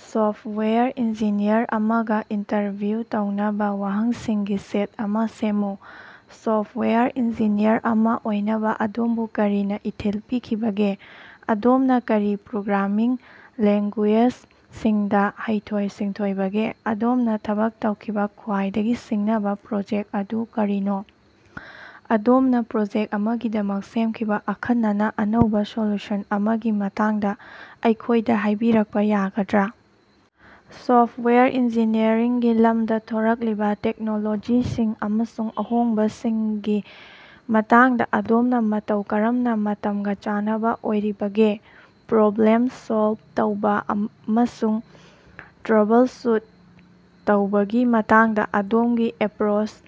Software engineer ꯑꯃꯒ interview ꯇꯧꯅꯕꯥ ꯋꯥꯍꯪꯁꯤꯡꯒꯤ ꯁꯦꯠ ꯑꯃ ꯁꯦꯝꯃꯨ꯫ ꯁꯣꯐꯋꯦꯌꯔ ꯏꯟꯖꯤꯅꯤꯌꯔ ꯑꯃ ꯑꯣꯏꯅꯕ ꯑꯗꯣꯝꯕꯨ ꯀꯔꯤꯅ ꯏꯊꯤꯜ ꯄꯤꯈꯤꯕꯒꯦ? ꯑꯗꯣꯝꯅ ꯀꯔꯤ ꯄ꯭ꯔꯣꯒ꯭ꯔꯥꯃꯤꯡ ꯂꯦꯡꯒꯨꯌꯦꯖꯁꯤꯡꯗꯥ ꯍꯩꯊꯣꯏ-ꯁꯤꯡꯊꯣꯏꯕꯒꯦ? ꯑꯗꯣꯝꯅꯥ ꯊꯕꯛ ꯇꯧꯈꯤꯕꯥ ꯈ꯭ꯋꯥꯏꯗꯒꯤ ꯁꯤꯡꯅꯕ ꯄ꯭ꯔꯣꯖꯦꯛ ꯑꯗꯨ ꯀꯔꯤꯅꯣ? ꯑꯗꯣꯝꯅꯥ ꯄ꯭ꯔꯣꯖꯦꯛ ꯑꯃꯒꯤꯗꯃꯛ ꯁꯦꯝꯈꯤꯕ ꯑꯈꯟꯅꯅꯥ ꯑꯅꯧꯕꯥ ꯁꯣꯂꯨꯁꯟ ꯑꯃꯒꯤ ꯃꯇꯥꯡꯗ ꯑꯩꯈꯣꯏꯗ ꯍꯥꯏꯕꯤꯔꯛꯄ ꯌꯥꯒꯗ꯭ꯔꯥ? ꯁꯣꯐꯋꯦꯌꯔ ꯏꯟꯖꯤꯅꯤꯌꯔꯤꯡꯒꯤ ꯂꯝꯗꯥ ꯊꯣꯔꯛꯂꯤꯕ ꯇꯦꯛꯅꯣꯂꯣꯖꯤꯁꯤꯡ ꯑꯃꯁꯨꯡ ꯑꯍꯣꯡꯕꯁꯤꯡꯒꯤ ꯃꯇꯥꯡꯗ ꯑꯗꯣꯝꯅ ꯃꯇꯧ ꯀꯔꯝꯅ ꯃꯇꯝꯒꯥ ꯆꯥꯟꯅꯕ ꯑꯣꯏꯔꯤꯕꯒꯦ? ꯄ꯭ꯔꯣꯕ꯭ꯂꯦꯝ ꯁꯣꯜꯕ ꯇꯧꯕ ꯑꯃꯁꯨꯡ ꯇ꯭ꯔꯕꯜꯁꯨꯠ ꯇꯧꯕꯒꯤ ꯃꯇꯥꯡꯗ ꯑꯗꯣꯝꯒꯤ ꯑꯦꯄ꯭ꯔꯣꯁ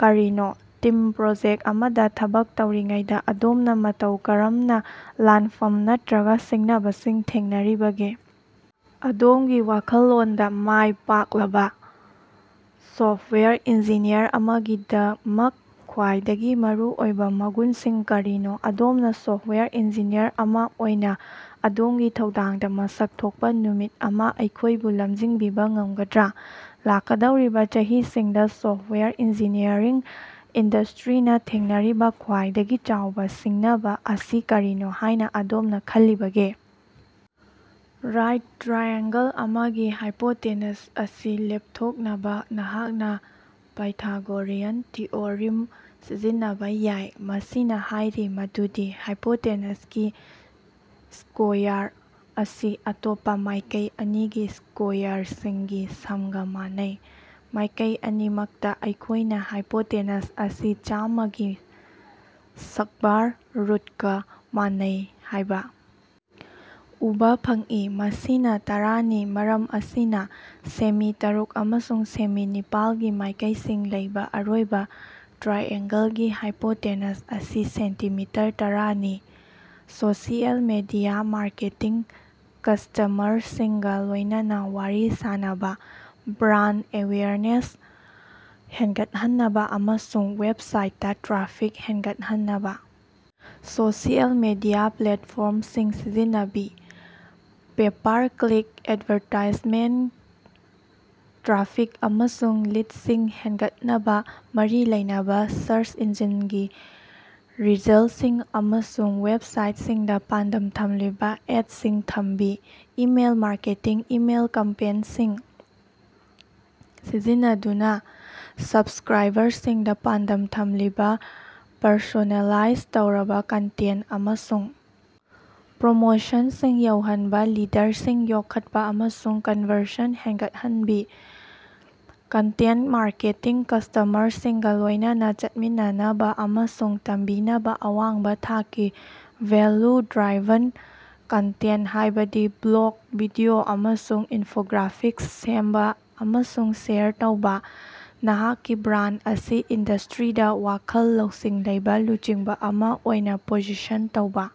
ꯀꯔꯤꯅꯣ? ꯇꯤꯝ ꯄ꯭ꯔꯣꯖꯦꯛ ꯑꯃꯗ ꯊꯕꯛ ꯇꯧꯔꯤꯉꯩꯗ ꯑꯗꯣꯝꯅ ꯃꯇꯧ ꯀꯔꯝꯅ ꯂꯥꯟꯐꯝ ꯅꯠꯇ꯭ꯔꯒ ꯁꯤꯡꯅꯕꯁꯤꯡ ꯊꯦꯡꯅꯔꯤꯕꯒꯦ? ꯑꯗꯣꯝꯒꯤ ꯋꯥꯈꯜꯂꯣꯟꯗꯥ ꯃꯥꯏ ꯄꯥꯛꯂꯕ ꯁꯣꯐꯋꯦꯌꯔ ꯏꯟꯖꯤꯅꯤꯌꯔ ꯑꯃꯒꯤꯗꯃꯛ ꯈ꯭ꯋꯥꯏꯗꯒꯤ ꯃꯔꯨꯑꯣꯏꯕ ꯃꯒꯨꯟꯁꯤꯡ ꯀꯔꯤꯅꯣ? ꯑꯗꯣꯝꯅ ꯁꯣꯐꯋꯦꯌꯔ ꯏꯟꯖꯤꯅꯤꯌꯔ ꯑꯃ ꯑꯣꯏꯅ ꯑꯗꯣꯝꯒꯤ ꯊꯧꯗꯥꯡꯗ ꯃꯁꯛ ꯊꯣꯛꯄ ꯅꯨꯃꯤꯠ ꯑꯃ ꯑꯩꯈꯣꯏꯕꯨ ꯂꯝꯖꯤꯡꯕꯤꯕꯥ ꯉꯝꯒꯗ꯭ꯔꯥ? ꯂꯥꯛꯀꯗꯧꯔꯤꯕꯥ ꯆꯍꯤꯁꯤꯡꯗꯥ ꯁꯣꯐꯋꯦꯌꯔ ꯏꯟꯖꯤꯅꯤꯌꯔꯤꯡ ꯏꯟꯗꯁꯇ꯭ꯔꯤꯅ ꯊꯦꯡꯅꯔꯤꯕꯥ ꯈ꯭ꯋꯥꯏꯗꯒꯤ ꯆꯥꯎꯕ ꯁꯤꯡꯅꯕ ꯑꯁꯤ ꯀꯔꯤꯅꯣ ꯍꯥꯏꯅ ꯑꯗꯣꯝꯅ ꯈꯜꯂꯤꯕꯒꯦ? ꯔꯥꯏꯠ ꯇ꯭ꯔꯥꯏꯑꯦꯡꯒꯜ ꯑꯃꯒꯤ ꯍꯥꯏꯄꯣꯇꯦꯅꯁ ꯑꯁꯤ ꯂꯦꯞꯊꯣꯛꯅꯕꯥ, ꯅꯍꯥꯛꯅ ꯄꯥꯏꯊꯥꯒꯣꯔꯤꯌꯟ ꯊꯤꯑꯣꯔꯤꯝ ꯁꯤꯖꯤꯟꯅꯕ ꯌꯥꯏ, ꯃꯁꯤꯅ ꯍꯥꯏꯔꯤ ꯃꯗꯨꯗꯤ ꯍꯥꯏꯄꯣꯇꯦꯅꯁꯀꯤ ꯁ꯭ꯀꯣꯌꯥꯔ ꯑꯁꯤ ꯑꯇꯣꯞꯄꯥ ꯃꯥꯏꯀꯩ ꯑꯅꯤꯒꯤ ꯁ꯭ꯀꯣꯌꯥꯔꯁꯤꯡꯒꯤ ꯁꯝꯒꯥ ꯃꯥꯟꯅꯩ꯫ ꯃꯥꯏꯀꯩ ꯑꯅꯤꯃꯛꯇꯥ, ꯑꯩꯈꯣꯏꯅ ꯍꯥꯏꯄꯣꯇꯦꯅꯁ ꯑꯁꯤ ꯆꯥꯝꯃꯥꯒꯤ ꯁ꯭ꯛꯕꯥꯔ ꯔꯨꯠꯀꯥ ꯃꯥꯟꯅꯩ ꯍꯥꯏꯕ ꯎꯕꯥ ꯐꯪꯏ, ꯃꯁꯤꯅ ꯇꯔꯥꯅꯤ, ꯃꯔꯝ ꯑꯁꯤꯅ ꯁꯦꯃꯤ ꯇꯔꯨꯛ ꯑꯃꯁꯨꯡ ꯁꯦꯃꯤ ꯅꯤꯄꯥꯜꯒꯤ ꯃꯥꯏꯀꯩꯁꯤꯡ ꯂꯩꯕ ꯑꯔꯣꯏꯕ ꯇ꯭ꯔꯥꯏꯑꯦꯡꯒꯜꯒꯤ ꯍꯥꯏꯄꯣꯇꯦꯅꯁ ꯑꯁꯤ ꯁꯦꯟꯇꯤꯃꯤꯇꯔ ꯇꯔꯥꯅꯤ꯫ ꯁꯣꯁꯤꯑꯦꯜ ꯃꯤꯗꯤꯌꯥ ꯃꯥꯔꯀꯦꯇꯤꯡ ꯀꯁꯇꯃꯔꯁꯤꯡꯒꯥ ꯂꯣꯏꯅꯅ ꯋꯥꯔꯤ ꯁꯥꯟꯅꯕ, ꯕ꯭ꯔꯥꯟꯗ ꯑꯦꯋꯦꯌꯔꯅꯦꯁ ꯍꯦꯟꯒꯠꯍꯟꯅꯕꯥ ꯑꯃꯁꯨꯡ ꯋꯦꯕꯁꯥꯏꯠꯇꯥ ꯇ꯭ꯔꯥꯐꯤꯛ ꯍꯦꯟꯒꯠꯍꯟꯅꯕꯥ ꯁꯣꯁꯤꯑꯦꯜ ꯃꯤꯗꯤꯌꯥ ꯄ꯭ꯂꯦꯠꯐꯣꯔꯝꯁꯤꯡ ꯁꯤꯖꯤꯟꯅꯕꯤ꯫ ꯄꯦꯄꯥꯔ-ꯀ꯭ꯂꯤꯛ ꯑꯦꯗꯚꯥꯔꯇꯥꯏꯖꯃꯦꯟꯇ ꯇ꯭ꯔꯥꯐꯤꯛ ꯑꯃꯁꯨꯡ ꯂꯤꯗꯁꯤꯡ ꯍꯦꯟꯒꯠꯍꯟꯅꯕꯥ ꯃꯔꯤ ꯂꯩꯅꯕꯥ ꯁꯔꯁ ꯏꯟꯖꯤꯟꯒꯤ ꯔꯤꯖꯜꯁꯤꯡ ꯑꯃꯁꯨꯡ ꯋꯦꯕꯁꯥꯏꯠꯁꯤꯡꯗꯥ ꯄꯥꯟꯗꯝ ꯊꯝꯂꯤꯕ ꯑꯦꯠꯁꯤꯡ ꯊꯝꯕꯤ꯫ ꯏꯃꯦꯜ ꯃꯥꯔꯀꯦꯇꯤꯡ ꯏꯃꯦꯜ ꯀꯦꯝꯄꯦꯟꯁꯤꯡ ꯁꯤꯖꯤꯟꯅꯗꯨꯅꯥ ꯁꯞꯁꯀ꯭ꯔꯥꯏꯕꯔꯁꯤꯡꯗꯥ ꯄꯥꯟꯗꯝ ꯊꯝꯂꯤꯕ, ꯄꯔꯁꯣꯅꯦꯂꯥꯏꯖ ꯇꯧꯔꯕ ꯀꯟꯇꯦꯟ ꯑꯃꯁꯨꯡ ꯄ꯭ꯔꯣꯃꯣꯁꯟꯁꯤꯡ ꯌꯧꯍꯟꯕꯥ, ꯂꯤꯗꯔꯁꯤꯡ ꯌꯣꯛꯈꯠꯄ ꯑꯃꯁꯨꯡ ꯀꯟꯕꯔꯁꯟ ꯍꯦꯟꯒꯠꯍꯟꯅꯕꯤ꯫ ꯀꯟꯇꯦꯟ ꯃꯥꯔꯀꯦꯇꯤꯡ ꯀꯁꯇꯃꯔꯁꯤꯡꯒ ꯂꯣꯏꯅꯅ ꯆꯠꯃꯤꯟꯅꯅꯕ ꯑꯃꯁꯨꯡ ꯇꯝꯕꯤꯅꯕ ꯑꯋꯥꯡꯕꯥ ꯊꯥꯛꯀꯤ, ꯚꯦꯜꯂꯨ-ꯗ꯭ꯔꯥꯏꯚꯟ ꯀꯟꯇꯦꯟ, ꯍꯥꯏꯕꯗꯤ ꯕ꯭ꯂꯣꯒ, ꯚꯤꯗꯤꯑꯣ ꯑꯃꯁꯨꯡ ꯏꯟꯐꯣꯒ꯭ꯔꯥꯐꯤꯛꯁ ꯁꯦꯝꯕꯥ ꯑꯃꯁꯨꯡ ꯁꯦꯌꯔ ꯇꯧꯕ, ꯅꯍꯥꯛꯀꯤ ꯕ꯭ꯔꯥꯟ ꯑꯁꯤ ꯏꯟꯗꯁꯇ꯭ꯔꯤꯗꯥ ꯋꯥꯈꯜ ꯂꯧꯁꯤꯡ ꯂꯩꯕꯥ ꯂꯨꯆꯤꯡꯕ ꯑꯃ ꯑꯣꯏꯅ ꯄꯣꯖꯤꯁꯟ ꯇꯧꯕ꯫